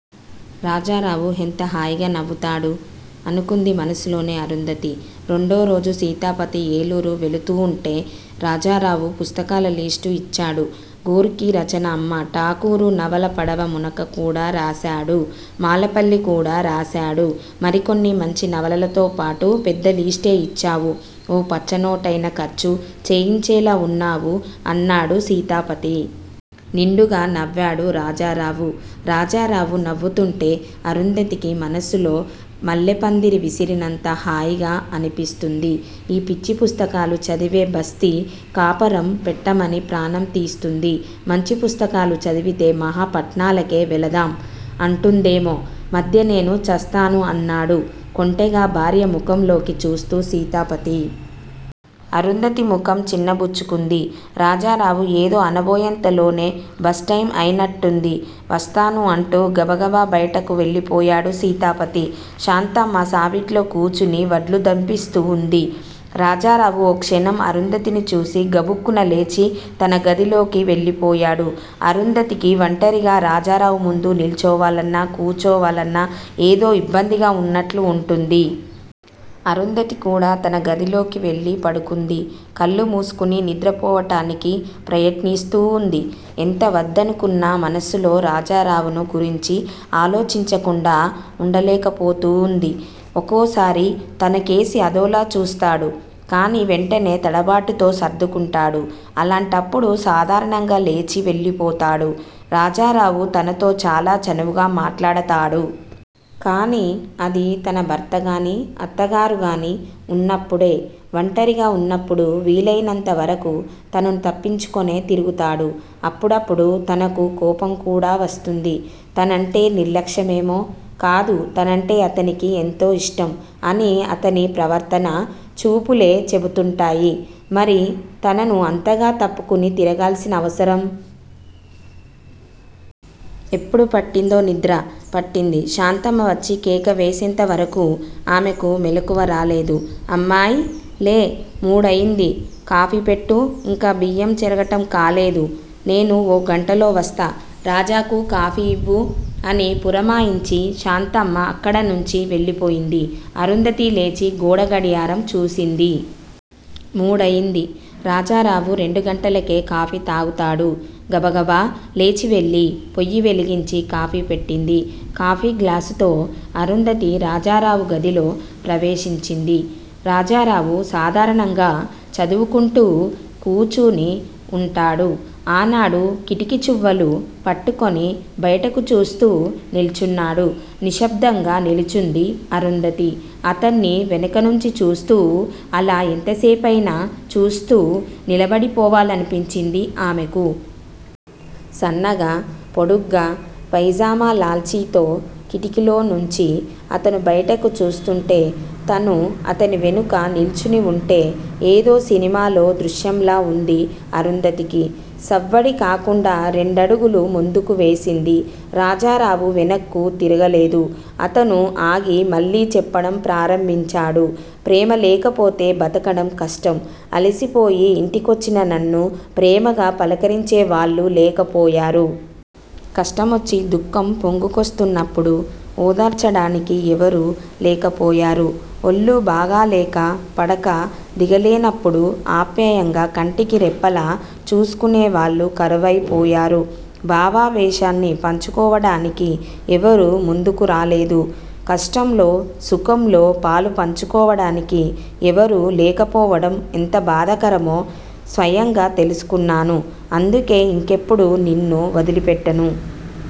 రాజారావు ఎంత హాయిగా నవ్వుతాడు! అనుకుంది మనస్సులోనే అరుంధతి. రెండోరోజు సీతాపతి ఏలూరు వెళుతూంటే రాజారావు పుస్తకాల లిస్టు ఇచ్చాడు. గోర్కి రచన అమ్మ, ఠాకూరు నవల పడవ మునక కూడా రాశాడు. మాలపల్లి కూడా రాశాడు మరికొన్ని మంచినవలలతోపాటు. పెద్ద లిస్టే ఇచ్చావు ఓ పచ్చనోటయినా ఖర్చు చేయించేలా ఉన్నావు అన్నాడు సీతాపతి. నిండుగా నవ్వాడు రాజారావు. రాజారావు నవ్వుతుంటే అరుంధతికి మనస్సులో మల్లెపందిరి విరిసినంత హాయిగా అనిపిస్తుంది. ఈ పిచ్చి పుస్తకాలు చదివే బస్తీ కాపరం పెట్టమని ప్రాణం తీస్తుంది. మంచి పుస్తకాలు చదివితే మహా పట్నాలకే వెళదాం అంటుందేమో! మధ్య నేను చస్తాను అన్నాడు కొంటెగా భార్య ముఖంలోకి చూస్తూ సీతాపతి. అరుంధతి ముఖం చిన్నబుచ్చుకుంది. రాజారావు ఏదో అనబోయేంతలోనే బస్ టైం అయినట్టుంది. వస్తాను అంటూ గబగబా బయటకు వెళ్ళిపోయాడు సీతాపతి. శాంతమ్మ సావిట్లో కూచుని వడ్లు దంపిస్తూ వుంది. రాజారావు ఓ క్షణం అరుంధతిని చూసి గబుక్కున లేచి తన గదిలోకి వెళ్ళిపోయాడు. అరుంధతికి వంటరిగా రాజారావు ముందు నిల్చోవాలన్నా, కూచోవాలన్నా ఏదో ఇబ్బందిగా వున్నట్లు వుంటుంది. అరుంధతి కూడా తన గదిలోకి వెల్లి పడుకుంది. కళ్ళు మూసుకుని నిద్రపోవటానికి ప్రయత్నిస్తూంది. ఎంత వద్దనుకున్నా మనస్సులో రాజారావును గురించి ఆలోచించకుండా వుండలేకపోతూంది. ఒకోసారి తనకేసి అదోలా చూస్తాడు. కాని వెంటనే తడబాటుతో సర్దుకుంటాడు. అలాంటప్పుడు సాధారణంగా లేచి వెళ్ళిపోతాడు. రాజారావు తనతో చాలా చనువుగా మాట్లాడతాడు. కాని అది తన భర్తగానీ, అత్తగారుగాని వున్నప్పుడే. వంటరిగా వున్నప్పుడు వీలయినంతవరకు తనను తప్పించుకొనే తిరుగుతాడు. అప్పుడప్పుడు తనకు కోపంకూడా వస్తుంది. తనంటే నిర్లక్ష్యమేమో కాదు తనంటే అతనికి ఎంతో ఇష్టం అని అతని ప్రవర్తనా, చూపులే చెబుతుంటాయి. మరి తనను అంతగా తప్పుకుని తిరగాల్సిన అవసరం? ఎప్పుడు పట్టిందో నిద్ర పట్టింది. శాంతమ్మ వచ్చి కేక వేసేంతవరకూ ఆమెకు మెలుకువ రాలేదు. అమ్మాయ్, లే! మూడయింది. కాఫీ పెట్టు. ఇంకా బియ్యం చెరగటం కాలేదు. నేను ఓ గంటలో వస్తా. రాజాకు కాఫీ ఇవ్వు అని పురమాయించి శాంతమ్మ అక్కడనుంచి వెళ్ళిపోయింది. అరుంధతి లేచి గోడగడియారం చూసింది. మూడయింది. రాజారావు రెండు గంటలకే కాఫీ తాగుతాడు. గబగబా లేచివెళ్ళి పొయ్యి వెలిగించి కాఫీ పెట్టింది. కాఫీ గ్లాసుతో అరుంధతి రాజారావు గదిలో ప్రవేశించింది. రాజారావు సాధారణంగా చదువుకుంటూ కూచుని వుంటాడు. ఆనాడు కిటికీచువ్వలు పట్టుకొని బయటకు చూస్తూ నిల్చున్నాడు. నిశ్శబ్దంగా నిలుచుంది అరుంధతి. అతన్ని వెనకనుంచి చూస్తూ- అలా యెంతసేపయినా చూస్తూ నిలబడిపోవాలనిపించింది ఆమెకు. సన్నగా పొడుగ్గా, పైజామా-లాల్చీతో కిటికీలోనుంచి అతను బయటకు చూస్తుంటే, తను అతని వెనుక నిల్చునివుంటే-ఏదో సినిమాలో దృశ్యంలా వుంది అరుంధతికి. సవ్వడి కాకుండా రెండడుగులు ముందుకు వేసింది. రాజారావు వెనక్కు తిరగలేదు. అతను ఆగి మళ్ళీ చెప్పడం ప్రారంభించాడు. ప్రేమ లేకపోతే బతకడం కష్టం. అలసిపోయి ఇంటికొచ్చిన నన్ను ప్రేమగా పలకరించేవాళ్ళు లేకపోయారు. కష్టమొచ్చి దుఃఖం పొంగుకొస్తున్నప్పుడు ఓదార్చడానికి ఎవరూ లేకపోయారు. ఒళ్ళు బాగాలేక పడక దిగలేనప్పుడు ఆప్యాయంగా కంటికి రెప్పలా చూసుకునే వాళ్ళు కరువైపోయారు. భావావేశాన్ని పంచుకోవడానికి ఎవరూ ముందుకు రాలేదు. కష్టంలో, సుఖంలో పాలు పంచుకోవడానికి ఎవరూ లేకపోవడం ఎంత బాధాకరమో స్వయంగా తెలుసుకున్నాను. అందుకే ఇంకెప్పుడూ నిన్ను వదిలిపెట్టను.